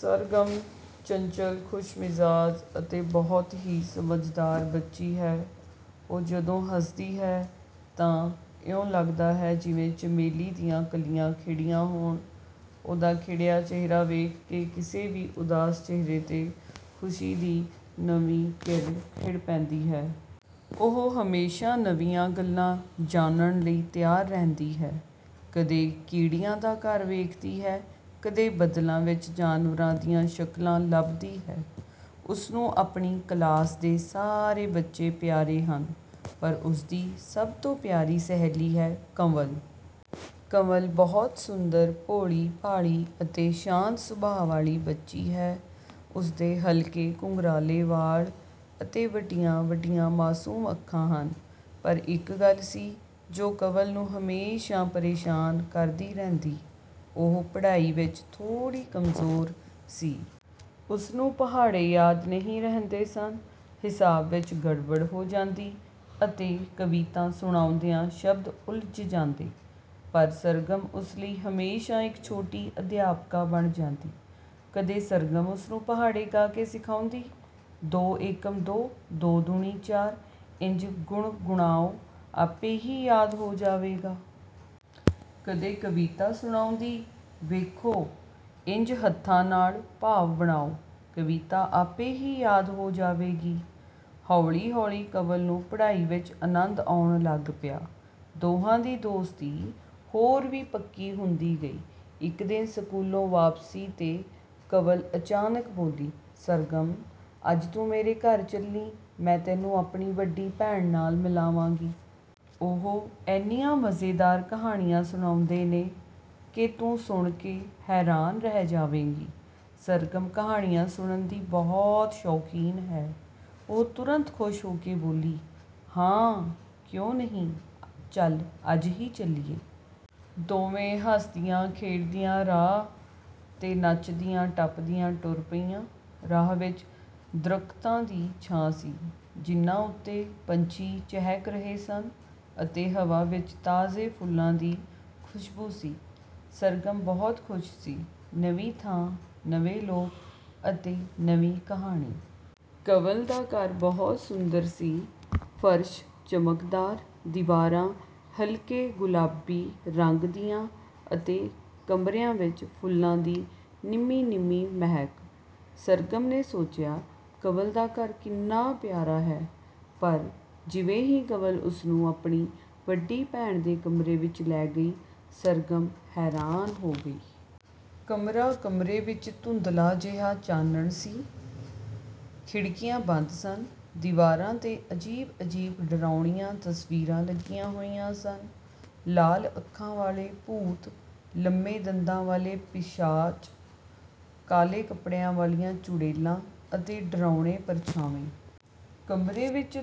ਸਰਗਮ ਚੰਚਲ, ਖੁਸ਼ਮਿਜਾਜ਼ ਅਤੇ ਬਹੁਤ ਹੀ ਸਮਝਦਾਰ ਬੱਚੀ ਹੈ। ਉਹ ਜਦੋਂ ਹਸਦੀ ਹੈ ਤਾਂ ਇਉਂ ਲਗਦਾ ਹੈ ਜਿਵੇਂ ਚਮੇਲੀ ਦੀਆਂ ਕਲੀਆਂ ਖਿੜੀਆਂ ਹੋਣ। ਉਹਦਾ ਖਿੜਿਆ ਚਿਹਰਾ ਵੇਖ ਕੇ ਕਿਸੇ ਵੀ ਉਦਾਸ ਚਿਹਰੇ 'ਤੇ ਖੁਸ਼ੀ ਦੀ ਨਵੀਂ ਕਿਰਨ ਖਿੜ ਪੈਂਦੀ ਹੈ। ਉਹ ਹਮੇਸ਼ਾਂ ਨਵੀਆਂ ਗੱਲਾਂ ਜਾਣਨ ਲਈ ਤਿਆਰ ਰਹਿੰਦੀ ਹੈ। ਕਦੇ ਕੀੜੀਆਂ ਦਾ ਘਰ ਵੇਖਦੀ ਹੈ, ਕਦੇ ਬੱਦਲਾਂ ਵਿੱਚ ਜਾਨਵਰਾਂ ਦੀਆਂ ਸ਼ਕਲਾਂ ਲੱਭਦੀ ਹੈ। ਉਸਨੂੰ ਆਪਣੀ ਕਲਾਸ ਦੇ ਸਾਰੇ ਬੱਚੇ ਪਿਆਰੇ ਹਨ, ਪਰ ਉਸਦੀ ਸਭ ਤੋਂ ਪਿਆਰੀ ਸਹੇਲੀ ਹੈ, ਕੰਵਲ। ਕੰਵਲ ਬਹੁਤ ਸੁੰਦਰ, ਭੋਲ਼ੀ-ਭਾਲ਼ੀ ਅਤੇ ਸ਼ਾਂਤ ਸੁਭਾਅ ਵਾਲ਼ੀ ਬੱਚੀ ਹੈ। ਉਸਦੇ ਹਲਕੇ ਘੁੰਘਰਾਲ਼ੇ ਵਾਲ਼ ਅਤੇ ਵੱਡੀਆਂ-ਵੱਡੀਆਂ ਮਾਸੂਮ ਅੱਖਾਂ ਹਨ। ਪਰ ਇੱਕ ਗੱਲ ਸੀ ਜੋ ਕੰਵਲ ਨੂੰ ਹਮੇਸ਼ਾਂ ਪਰੇਸ਼ਾਨ ਕਰਦੀ ਰਹਿੰਦੀ, ਉਹ ਪੜ੍ਹਾਈ ਵਿੱਚ ਥੋੜ੍ਹੀ ਕਮਜ਼ੋਰ ਸੀ। ਉਸਨੂੰ ਪਹਾੜੇ ਯਾਦ ਨਹੀਂ ਰਹਿੰਦੇ ਸਨ, ਹਿਸਾਬ ਵਿੱਚ ਗੜਬੜ ਹੋ ਜਾਂਦੀ ਅਤੇ ਕਵਿਤਾ ਸੁਣਾਉਂਦਿਆਂ ਸ਼ਬਦ ਉਲਝ ਜਾਂਦੇ। ਪਰ ਸਰਗਮ ਉਸ ਲਈ ਹਮੇਸ਼ਾਂ ਇੱਕ ਛੋਟੀ ਅਧਿਆਪਕਾ ਬਣ ਜਾਂਦੀ। ਕਦੇ ਸਰਗਮ ਉਸਨੂੰ ਪਹਾੜੇ ਗਾ ਕੇ ਸਿਖਾਉਂਦੀ, "ਦੋ ਏਕਮ ਦੋ, ਦੋ ਦੂਣੀ ਚਾਰ, ਇੰਞ ਗੁਣਗੁਣਾਓ, ਆਪੇ ਹੀ ਯਾਦ ਹੋ ਜਾਵੇਗਾ।" ਕਦੇ ਕਵਿਤਾ ਸੁਣਾਉਂਦੀ "ਵੇਖੋ, ਇੰਞ ਹੱਥਾਂ ਨਾਲ਼ ਭਾਵ ਬਣਾਓ, ਕਵਿਤਾ ਆਪੇ ਹੀ ਯਾਦ ਹੋ ਜਾਵੇਗੀ।" ਹੌਲ਼ੀ-ਹੌਲ਼ੀ ਕੰਵਲ ਨੂੰ ਪੜ੍ਹਾਈ ਵਿੱਚ ਅਨੰਦ ਆਉਣ ਲੱਗ ਪਿਆ। ਦੋਹਾਂ ਦੀ ਦੋਸਤੀ ਹੋਰ ਵੀ ਪੱਕੀ ਹੁੰਦੀ ਗਈ। ਇੱਕ ਦਿਨ ਸਕੂਲੋਂ ਵਾਪਸੀ 'ਤੇ ਕੰਵਲ ਅਚਾਨਕ ਬੋਲੀ, "ਸਰਗਮ, ਅੱਜ ਤੂੰ ਮੇਰੇ ਘਰ ਚੱਲੀਂ, ਮੈਂ ਤੈਨੂੰ ਆਪਣੀ ਵੱਡੀ ਭੈਣ ਨਾਲ਼ ਮਿਲਾਵਾਂਗੀ। ਉਹ ਐਨੀਆਂ ਮਜ਼ੇਦਾਰ ਕਹਾਣੀਆਂ ਸੁਣਾਉਂਦੇ ਨੇ ਕਿ ਤੂੰ ਸੁਣ ਕੇ ਹੈਰਾਨ ਰਹਿ ਜਾਵੇਂਗੀ। " ਸਰਗਮ ਕਹਾਣੀਆਂ ਸੁਣਨ ਦੀ ਬਹੁਤ ਸ਼ੌਕੀਨ ਹੈ। ਉਹ ਤੁਰੰਤ ਖੁਸ਼ ਹੋ ਕੇ ਬੋਲੀ, "ਹਾਂ, ਕਿਉਂ ਨਹੀਂ, ਚੱਲ ਅੱਜ ਹੀ ਚੱਲੀਏ।" ਦੋਵੇਂ ਹੱਸਦੀਆਂ-ਖੇਡਦੀਆਂ ਰਾਹ 'ਤੇ ਨਚਦੀਆਂ-ਟੱਪਦੀਆਂ ਟੁਰ ਪਈਆਂ। ਰਾਹ ਵਿੱਚ ਦਰੱਖਤਾਂ ਦੀ ਛਾਂ ਸੀ, ਜਿਨ੍ਹਾਂ ਉੱਤੇ ਪੰਛੀ ਚਹਿਕ ਰਹੇ ਸਨ ਅਤੇ ਹਵਾ ਵਿੱਚ ਤਾਜ਼ੇ ਫੁੱਲਾਂ ਦੀ ਖੁਸ਼ਬੂ ਸੀ। ਸਰਗਮ ਬਹੁਤ ਖ਼ੁਸ਼ ਸੀ ਨਵੀਂ ਥਾਂ, ਨਵੇਂ ਲੋਕ ਅਤੇ ਨਵੀਂ ਕਹਾਣੀ। ਕੰਵਲ ਦਾ ਘਰ ਬਹੁਤ ਸੁੰਦਰ ਸੀ ਫਰਸ਼ ਚਮਕਦਾਰ, ਦੀਵਾਰਾਂ ਹਲਕੇ ਗੁਲਾਬੀ ਰੰਗ ਦੀਆਂ ਅਤੇ ਕਮਰਿਆਂ ਵਿੱਚ ਫੁੱਲਾਂ ਦੀ ਨਿੰਮ੍ਹੀ-ਨਿੰਮ੍ਹੀ ਮਹਿਕ। ਸਰਗਮ ਨੇ ਸੋਚਿਆ, "ਕੰਵਲ ਦਾ ਘਰ ਕਿੰਨਾ ਪਿਆਰਾ ਹੈ।" ਪਰ ਜਿਵੇਂ ਹੀ ਕੰਵਲ ਉਸਨੂੰ ਆਪਣੀ ਵੱਡੀ ਭੈਣ ਦੇ ਕਮਰੇ ਵਿੱਚ ਲੈ ਗਈ, ਸਰਗਮ ਹੈਰਾਨ ਹੋ ਗਈ। ਕਮਰਾ ਕਮਰੇ ਵਿੱਚ ਧੁੰਦਲਾ ਜਿਹਾ ਚਾਨਣ ਸੀ। ਖਿੜਕੀਆਂ ਬੰਦ ਸਨ। ਦੀਵਾਰਾਂ 'ਤੇ ਅਜੀਬ-ਅਜੀਬ, ਡਰਾਉਣੀਆਂ ਤਸਵੀਰਾਂ ਲੱਗੀਆਂ ਹੋਈਆਂ ਸਨ। ਲਾਲ ਅੱਖਾਂ ਵਾਲੇ ਭੂਤ, ਲੰਮੇ ਦੰਦਾਂ ਵਾਲ਼ੇ ਪਿਸ਼ਾਚ, ਕਾਲ਼ੇ ਕੱਪੜਿਆਂ ਵਾਲ਼ੀਆਂ ਚੁੜੇਲਾਂ ਅਤੇ ਡਰਾਉਣੇ ਪਰਛਾਵੇਂ। ਕਮਰੇ ਵਿੱਚ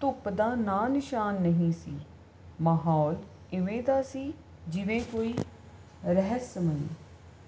ਧੁੱਪ ਦਾ ਨਾਂ-ਨਿਸ਼ਾਨ ਨਹੀਂ ਸੀ। ਮਾਹੌਲ ਇਵੇਂ ਦਾ ਸੀ ਜਿਵੇਂ ਕੋਈ ਰਹੱਸਮਈ